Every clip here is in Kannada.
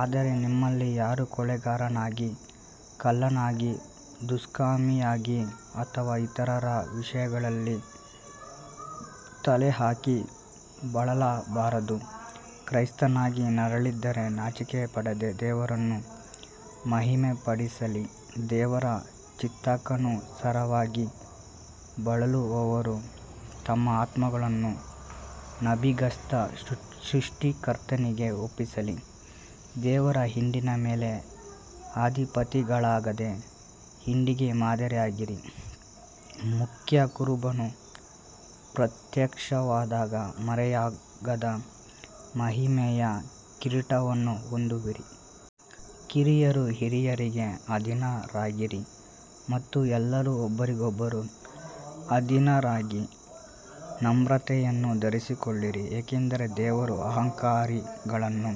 ಆದರೆ ನಿಮ್ಮಲ್ಲಿ ಯಾರೂ ಕೊಲೆಗಾರನಾಗಿ ಕಳ್ಳನಾಗಿ ದುಷ್ಕರ್ಮಿಯಾಗಿ ಅಥವಾ ಇತರರ ವಿಷಯಗಳಲ್ಲಿ ತಲೆಹಾಕಿ ಬಳಲಬಾರದು. ಕ್ರೈಸ್ತನಾಗಿ ನರಳಿದರೆ ನಾಚಿಕೆಪಡದೆ ದೇವರನ್ನು ಮಹಿಮೆಪಡಿಸಲಿ. ದೇವರ ಚಿತ್ತಕ್ಕನುಸಾರವಾಗಿ ಬಳಲುವವರು ತಮ್ಮ ಆತ್ಮಗಳನ್ನು ನಂಬಿಗಸ್ತ ಸೃಷ್ಟಿಕರ್ತನಿಗೆ ಒಪ್ಪಿಸಲಿ. ದೇವರ ಹಿಂಡಿನ ಮೇಲೆ ಅಧಿಪತಿಗಳಾಗದೆ ಹಿಂಡಿಗೆ ಮಾದರಿಯಾಗಿರಿ. ಮುಖ್ಯ ಕುರುಬನು ಪ್ರತ್ಯಕ್ಷವಾದಾಗ ಮರೆಯಾಗದ ಮಹಿಮೆಯ ಕಿರೀಟವನ್ನು ಹೊಂದುವಿರಿ. ಕಿರಿಯರು ಹಿರಿಯರಿಗೆ ಅಧೀನರಾಗಿರಿ ಮತ್ತು ಎಲ್ಲರೂ ಒಬ್ಬರಿಗೊಬ್ಬರು ಅಧೀನರಾಗಿ ನಮ್ರತೆಯನ್ನು ಧರಿಸಿಕೊಳ್ಳಿರಿ, ಏಕೆಂದರೆ ದೇವರು ಅಹಂಕಾರಿಗಳನ್ನು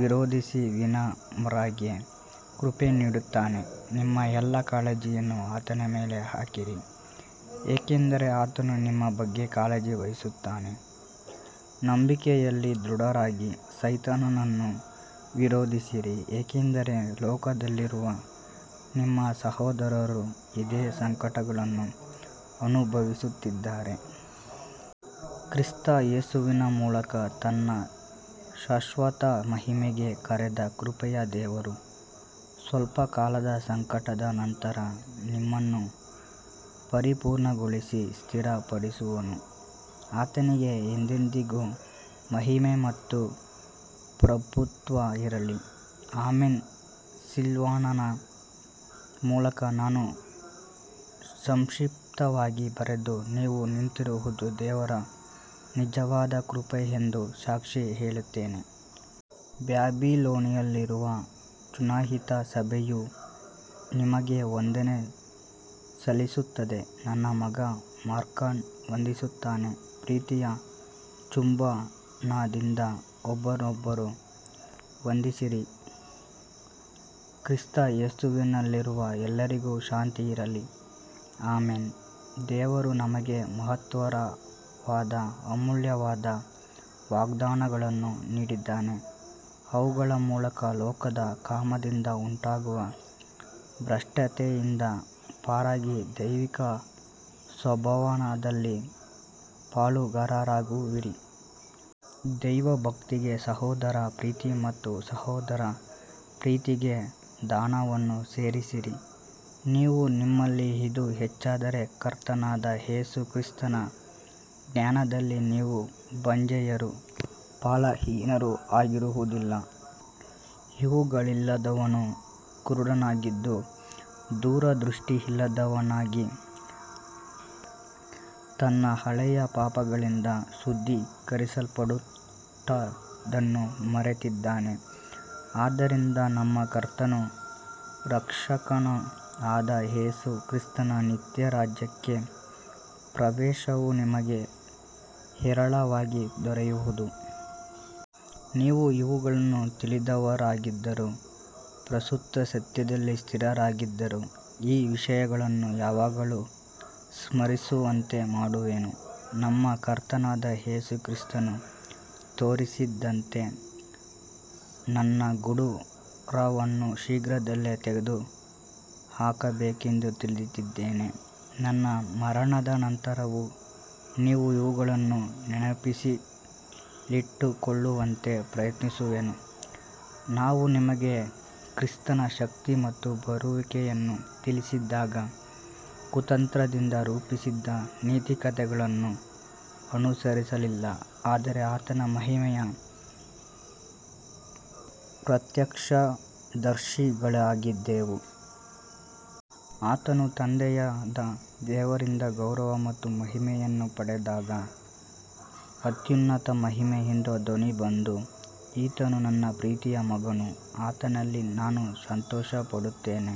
ವಿರೋಧಿಸಿ ವಿನಮ್ರರಿಗೆ ಕೃಪೆ ನೀಡುತ್ತಾನೆ. ನಿಮ್ಮ ಎಲ್ಲಾ ಕಾಳಜಿಯನ್ನು ಆತನ ಮೇಲೆ ಹಾಕಿರಿ, ಏಕೆಂದರೆ ಆತನು ನಿಮ್ಮ ಬಗ್ಗೆ ಕಾಳಜಿ ವಹಿಸುತ್ತಾನೆ. ನಂಬಿಕೆಯಲ್ಲಿ ದೃಢರಾಗಿ ಸೈತಾನನನ್ನು ವಿರೋಧಿಸಿರಿ, ಏಕೆಂದರೆ ಲೋಕದಲ್ಲಿರುವ ನಿಮ್ಮ ಸಹೋದರರೂ ಇದೇ ಸಂಕಟಗಳನ್ನು ಅನುಭವಿಸುತ್ತಿದ್ದಾರೆ. ಕ್ರಿಸ್ತ ಯೇಸುವಿನ ಮೂಲಕ ತನ್ನ ಶಾಶ್ವತ ಮಹಿಮೆಗೆ ಕರೆದ ಕೃಪೆಯ ದೇವರು ಸ್ವಲ್ಪಕಾಲದ ಸಂಕಟದ ನಂತರ ನಿಮ್ಮನ್ನು ಪರಿಪೂರ್ಣಗೊಳಿಸಿ ಸ್ಥಿರಪಡಿಸುವನು. ಆತನಿಗೆ ಎಂದೆಂದಿಗೂ ಮಹಿಮೆ ಮತ್ತು ಪ್ರಭುತ್ವ ಇರಲಿ. ಆಮೆನ್. ಸಿಲ್ವಾನನ ಮೂಲಕ ನಾನು ಸಂಕ್ಷಿಪ್ತವಾಗಿ ಬರೆದು, ನೀವು ನಿಂತಿರುವುದು ದೇವರ ನಿಜವಾದ ಕೃಪೆಯೆಂದು ಸಾಕ್ಷಿ ಹೇಳುತ್ತೇನೆ. ಬ್ಯಾಬಿಲೋನಿನಲ್ಲಿರುವ ಚುನಾಯಿತ ಸಭೆಯೂ ನಿಮಗೆ ವಂದನೆ ಸಲ್ಲಿಸುತ್ತದೆ. ನನ್ನ ಮಗ ಮಾರ್ಕನೂ ವಂದಿಸುತ್ತಾನೆ. ಪ್ರೀತಿಯ ಚುಂಬನದಿಂದ ಒಬ್ಬರನ್ನೊಬ್ಬರು ವಂದಿಸಿರಿ. ಕ್ರಿಸ್ತ ಯೇಸುವಿನಲ್ಲಿರುವ ಎಲ್ಲರಿಗೂ ಶಾಂತಿ ಇರಲಿ. ಆಮೆನ್. ದೇವರು ನಮಗೆ ಮಹತ್ತರವಾದ ಅಮೂಲ್ಯವಾದ ವಾಗ್ದಾನಗಳನ್ನು ನೀಡಿದ್ದಾನೆ, ಅವುಗಳ ಮೂಲಕ ಲೋಕದ ಕಾಮದಿಂದ ಉಂಟಾಗುವ ಭ್ರಷ್ಟತೆಯಿಂದ ಪಾರಾಗಿ ದೈವಿಕ ಸ್ವಭಾವದಲ್ಲಿ ಪಾಲುಗಾರರಾಗುವಿರಿ. ದೈವಭಕ್ತಿಗೆ ಸಹೋದರ ಪ್ರೀತಿ ಮತ್ತು ಸಹೋದರ ಪ್ರೀತಿಗೆ ದಾನವನ್ನು ಸೇರಿಸಿರಿ. ಇವು ನಿಮ್ಮಲ್ಲಿ ಇದ್ದು ಹೆಚ್ಚಾದರೆ ಕರ್ತನಾದ ಯೇಸು ಕ್ರಿಸ್ತನ ಜ್ಞಾನದಲ್ಲಿ ನೀವು ಬಂಜೆಯರೂ ಫಲಹೀನರೂ ಆಗಿರುವುದಿಲ್ಲ. ಇವುಗಳಿಲ್ಲದವನು ಕುರುಡನಾಗಿದ್ದು ದೂರದೃಷ್ಟಿಯಿಲ್ಲದವನಾಗಿ ತನ್ನ ಹಳೆಯ ಪಾಪಗಳಿಂದ ಶುದ್ಧೀಕರಿಸಲ್ಪಟ್ಟದ್ದನ್ನು ಮರೆತಿದ್ದಾನೆ. ಆದ್ದರಿಂದ ನಮ್ಮ ಕರ್ತನೂ ರಕ್ಷಕನೂ ಆದ ಯೇಸು ಕ್ರಿಸ್ತನ ನಿತ್ಯ ರಾಜ್ಯಕ್ಕೆ ಪ್ರವೇಶವು ನಿಮಗೆ ಹೇರಳವಾಗಿ ದೊರೆಯುವುದು. ನೀವು ಇವುಗಳನ್ನು ತಿಳಿದವರಾಗಿದ್ದರೂ ಪ್ರಸ್ತುತ ಸತ್ಯದಲ್ಲಿ ಸ್ಥಿರರಾಗಿದ್ದರೂ ಈ ವಿಷಯಗಳನ್ನು ಯಾವಾಗಲೂ ಸ್ಮರಿಸುವಂತೆ ಮಾಡುವೆನು. ನಮ್ಮ ಕರ್ತನಾದ ಯೇಸು ಕ್ರಿಸ್ತನು ತೋರಿಸಿದಂತೆ ನನ್ನ ಗುಡಾರವನ್ನು ಶೀಘ್ರದಲ್ಲೇ ತೆಗೆದುಹಾಕಬೇಕೆಂದು ತಿಳಿದಿದ್ದೇನೆ. ನನ್ನ ಮರಣದ ನಂತರವೂ ನೀವು ಇವುಗಳನ್ನು ನೆನಪಿನಲ್ಲಿಟ್ಟುಕೊಳ್ಳುವಂತೆ ಪ್ರಯತ್ನಿಸುವೆನು. ನಾವು ನಿಮಗೆ ಕ್ರಿಸ್ತನ ಶಕ್ತಿ ಮತ್ತು ಬರುವಿಕೆಯನ್ನು ತಿಳಿಸಿದಾಗ ಕುತಂತ್ರದಿಂದ ರೂಪಿಸಿದ ನೀತಿಕಥೆಗಳನ್ನು ಅನುಸರಿಸಲಿಲ್ಲ, ಆದರೆ ಆತನ ಮಹಿಮೆಯ ಪ್ರತ್ಯಕ್ಷದರ್ಶಿಗಳಾಗಿದ್ದೆವು. ಆತನು ತಂದೆಯಾದ ದೇವರಿಂದ ಗೌರವ ಮತ್ತು ಮಹಿಮೆಯನ್ನು ಪಡೆದಾಗ ಅತ್ಯುನ್ನತ ಮಹಿಮೆಯಿಂದ ಧ್ವನಿ ಬಂದು, ಈತನು ನನ್ನ ಪ್ರೀತಿಯ ಮಗನು, ಆತನಲ್ಲಿ ನಾನು ಸಂತೋಷಪಡುತ್ತೇನೆ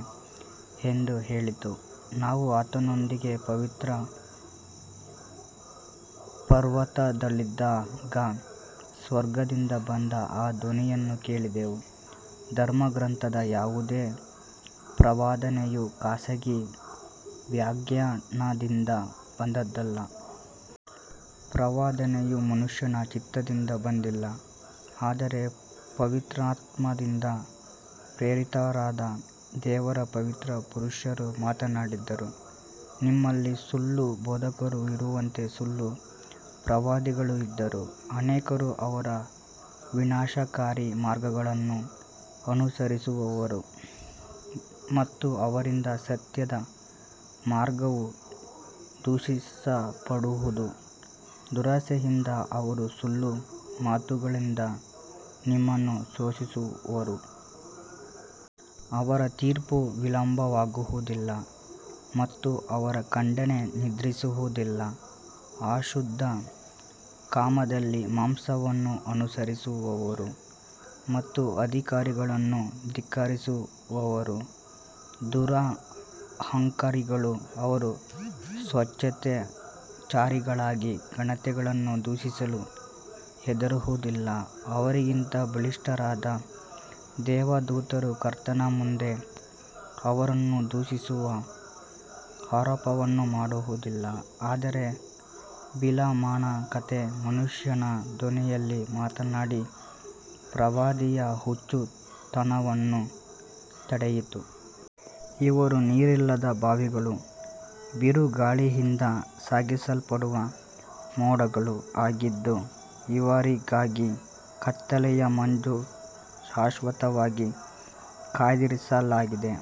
ಎಂದು ಹೇಳಿತು. ನಾವು ಆತನೊಂದಿಗೆ ಪವಿತ್ರ ಪರ್ವತದಲ್ಲಿದ್ದಾಗ ಸ್ವರ್ಗದಿಂದ ಬಂದ ಆ ಧ್ವನಿಯನ್ನು ಕೇಳಿದೆವು. ಧರ್ಮಗ್ರಂಥದ ಯಾವುದೇ ಪ್ರವಾದನೆಯೂ ಖಾಸಗಿ ವ್ಯಾಖ್ಯಾನದಿಂದ ಬಂದದ್ದಲ್ಲ. ಪ್ರವಾದನೆಯು ಮನುಷ್ಯನ ಚಿತ್ತದಿಂದ ಬಂದಿಲ್ಲ, ಆದರೆ ಪವಿತ್ರಾತ್ಮದಿಂದ ಪ್ರೇರಿತರಾದ ದೇವರ ಪವಿತ್ರ ಪುರುಷರು ಮಾತನಾಡಿದರು. ನಿಮ್ಮಲ್ಲಿ ಸುಳ್ಳು ಬೋಧಕರು ಇರುವಂತೆ ಸುಳ್ಳು ಪ್ರವಾದಿಗಳೂ ಇದ್ದರು. ಅನೇಕರು ಅವರ ವಿನಾಶಕಾರಿ ಮಾರ್ಗಗಳನ್ನು ಅನುಸರಿಸುವರು ಮತ್ತು ಅವರಿಂದ ಸತ್ಯದ ಮಾರ್ಗವು ದೂಷಿಸಲ್ಪಡುವುದು. ದುರಾಶೆಯಿಂದ ಅವರು ಸುಳ್ಳು ಮಾತುಗಳಿಂದ ನಿಮ್ಮನ್ನು ಶೋಷಿಸುವರು. ಅವರ ತೀರ್ಪು ವಿಳಂಬವಾಗುವುದಿಲ್ಲ ಮತ್ತು ಅವರ ಖಂಡನೆ ನಿದ್ರಿಸುವುದಿಲ್ಲ. ಅಶುದ್ಧ ಕಾಮದಲ್ಲಿ ಮಾಂಸವನ್ನು ಅನುಸರಿಸುವವರು ಮತ್ತು ಅಧಿಕಾರಿಗಳನ್ನು ಧಿಕ್ಕರಿಸುವವರು ದುರಹಂಕಾರಿಗಳು. ಅವರು ಸ್ವೇಚ್ಛಾಚಾರಿಗಳಾಗಿ ಘನತೆಗಳನ್ನು ದೂಷಿಸಲು ಹೆದರುವುದಿಲ್ಲ. ಅವರಿಗಿಂತ ಬಲಿಷ್ಠರಾದ ದೇವದೂತರೂ ಕರ್ತನ ಮುಂದೆ ಅವರನ್ನು ದೂಷಿಸುವ ಆರೋಪವನ್ನು ಮಾಡುವುದಿಲ್ಲ. ಆದರೆ ಬಿಳಾಮನ ಕತ್ತೆ ಮನುಷ್ಯನ ಧ್ವನಿಯಲ್ಲಿ ಮಾತನಾಡಿ ಪ್ರವಾದಿಯ ಹುಚ್ಚುತನವನ್ನು ತಡೆಯಿತು. ಇವರು ನೀರಿಲ್ಲದ ಬಾವಿಗಳೂ ಬಿರುಗಾಳಿಯಿಂದ ಸಾಗಿಸಲ್ಪಡುವ ಮೋಡಗಳೂ ಆಗಿದ್ದು, ಇವರಿಗಾಗಿ ಕತ್ತಲೆಯ ಮಂಜು ಶಾಶ್ವತವಾಗಿ ಕಾಯ್ದಿರಿಸಲಾಗಿದೆ.